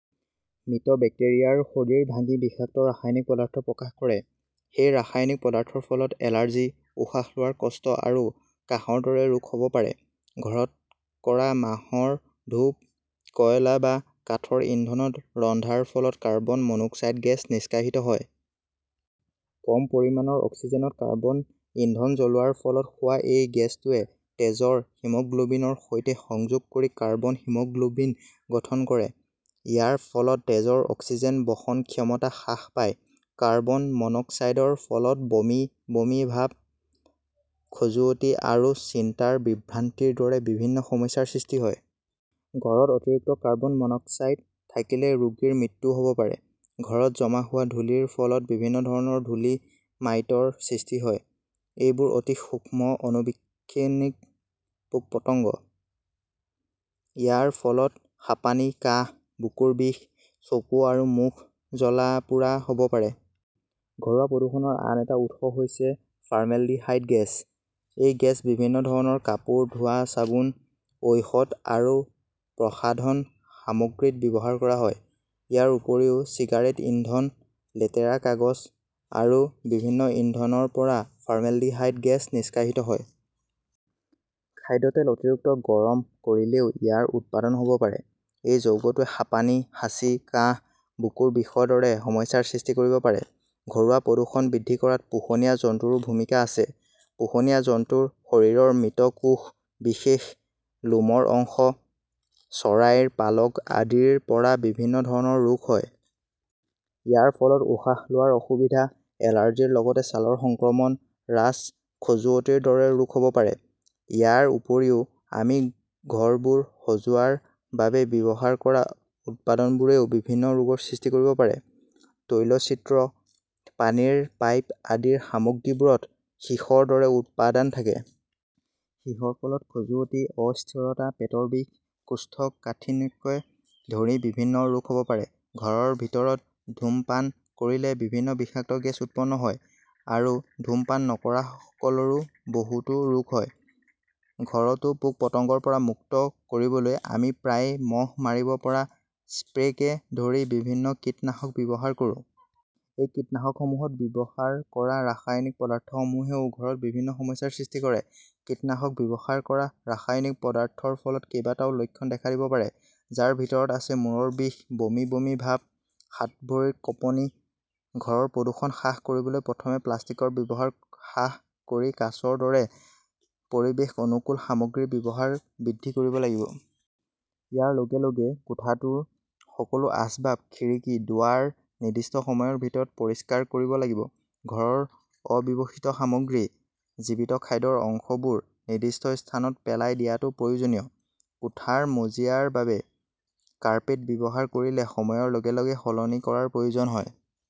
মৃত বেক্টেৰিয়াৰ শৰীৰ ভাঙি বিষাক্ত ৰাসায়নিক পদাৰ্থ প্ৰকাশ কৰে। সেই ৰাসায়নিক পদাৰ্থৰ ফলত এলাৰ্জি, উশাহ লোৱাৰ কষ্ট আৰু কাহৰ দৰে ৰোগ হ'ব পাৰে। ঘৰত কৰা মাহৰ ধূপ, কয়লা বা কাঠৰ ইন্ধনত ৰন্ধাৰ ফলত কাৰ্বন মনোক্সাইড গেছ নিষ্কাশিত হয়। কম পৰিমাণৰ অক্সিজেনত কাৰ্বন ইন্ধন জ্বলোৱাৰ ফলত হোৱা এই গেছটোৱে তেজৰ হিমোগ্লোবিনৰ সৈতে সংযোগ কৰি কাৰ্বনহিমোগ্লোবিন গঠন কৰে। ইয়াৰ ফলত তেজৰ অক্সিজেন বহন ক্ষমতা হ্ৰাস পায়। কাৰ্বন মন অক্সাইডৰ ফলত বমি বমি ভাব, খজুৱতি আৰু চিন্তাৰ বিভ্ৰান্তিৰ দৰে বিভিন্ন সমস্যাৰ সৃষ্টি হয়। ঘৰত অতিৰিক্ত কাৰ্বন মনোক্সাইড থাকিলে ৰোগীৰ মৃত্যুও হ'ব পাৰে। ঘৰত জমা হোৱা ধূলিৰ ফলত বিভিন্ন ধৰণৰ ধূলি মাইটৰ সৃষ্টি হয়। এইবোৰ অতি সূক্ষ্ম অণুবীক্ষীণিক পোক-পতংগ। ইয়াৰ ফলত হাঁপানি, কাহ, বুকুৰ বিষ, চকু আৰু মুখ জ্বলা-পোৰা হ'ব পাৰে। ঘৰুৱা প্ৰদূষণৰ আন এটা উৎস হৈছে ফাৰ্মেলডিহাইড গেছ। এই গেছ বিভিন্ন ধৰণৰ কাপোৰ ধোৱা চাবোন, ঔষধ আৰু প্ৰসাধন সামগ্ৰীত ব্যৱহাৰ কৰা হয়। ইয়াৰ উপৰিও চিগাৰেট ইন্ধন, লেতেৰা কাগজ আৰু বিভিন্ন ইন্ধনৰ পৰা ফাৰ্মেলডিহাইড গেছ নিষ্কাশিত হয়। খাদ্য তেল অতিৰিক্ত গৰম কৰিলেও ইয়াৰ উৎপাদন হ'ব পাৰে। এই যৌগটোৱে হাঁপানি, হাঁচি, কাহ, বুকুৰ বিষৰ দৰে সমস্যাৰ সৃষ্টি কৰিব পাৰে। ঘৰুৱা প্ৰদূষণ বৃদ্ধি কৰাত পোহনীয়া জন্তুৰো ভূমিকা আছে। পোহনীয়া জন্তুৰ শৰীৰৰ মৃত কোষ, বিশেষ লোমৰ অংশ, চৰাইৰ পালক আদিৰ পৰা বিভিন্ন ধৰণৰ ৰোগ হয়। ইয়াৰ ফলত উশাহ লোৱাৰ অসুবিধা, এলাৰ্জিৰ লগতে ছালৰ সংক্ৰমণ, ৰাছ, খজুৱতিৰ দৰে ৰোগ হ'ব পাৰে। ইয়াৰ উপৰিও আমি ঘৰবোৰ সজোৱাৰ বাবে ব্যৱহাৰ কৰা উপাদানবোৰেও বিভিন্ন ৰোগৰ সৃষ্টি কৰিব পাৰে। তৈলচিত্ৰ, পানীৰ পাইপ আদিৰ সামগ্ৰীবোৰত সীহৰ দৰে উপাদান থাকে। সীহৰ ফলত খজুৱতি, অস্থিৰতা, পেটৰ বিষ, কোষ্ঠকাঠিন্যকে ধৰি বিভিন্ন ৰোগ হ'ব পাৰে। ঘৰৰ ভিতৰত ধূমপান কৰিলে বিভিন্ন বিষাক্ত গেছ উৎপন্ন হয় আৰু ধূমপান নকৰাসকলৰো বহুতো ৰোগ হয়। ঘৰটো পোক-পতংগৰ পৰা মুক্ত কৰিবলৈ আমি প্ৰায়ে মহ মাৰিব পৰা স্প্ৰেকে ধৰি বিভিন্ন কীটনাশক ব্যৱহাৰ কৰো। এই কীটনাশকসমূহত ব্যৱহাৰ কৰা ৰাসায়নিক পদাৰ্থসমূহেও ঘৰত বিভিন্ন সমস্যাৰ সৃষ্টি কৰে। কীটনাশক ব্যৱহাৰ কৰা ৰাসায়নিক পদাৰ্থৰ ফলত কেইবাটাও লক্ষণ দেখা দিব পাৰে, যাৰ ভিতৰত আছে মূৰৰ বিষ, বমি বমি ভাব, হাত-ভৰিৰ কঁপনি। ঘৰৰ প্ৰদূষণ হ্ৰাস কৰিবলৈ প্ৰথমে প্লাষ্টিকৰ ব্যৱহাৰ হ্ৰাস কৰি কাঁচৰ দৰে পৰিৱেশ অনুকূল সামগ্ৰীৰ ব্যৱহাৰ বৃদ্ধি কৰিব লাগিব। ইয়াৰ লগে - লগে কোঠাটোৰ সকলো আচবাব, খিৰিকী, দুৱাৰ নিৰ্দিষ্ট সময়ৰ ভিতৰত পৰিষ্কাৰ কৰিব লাগিব। ঘৰৰ অব্যৱহৃত সামগ্ৰী, জীৱিত খাদ্যৰ অংশবোৰ নিৰ্দিষ্ট স্থানত পেলাই দিয়াটো প্ৰয়োজনীয়। কোঠাৰ মজিয়াৰ বাবে কাৰ্পেট ব্যৱহাৰ কৰিলে সময়ৰ লগে - লগে সলনি কৰাৰ প্ৰয়োজন হয়।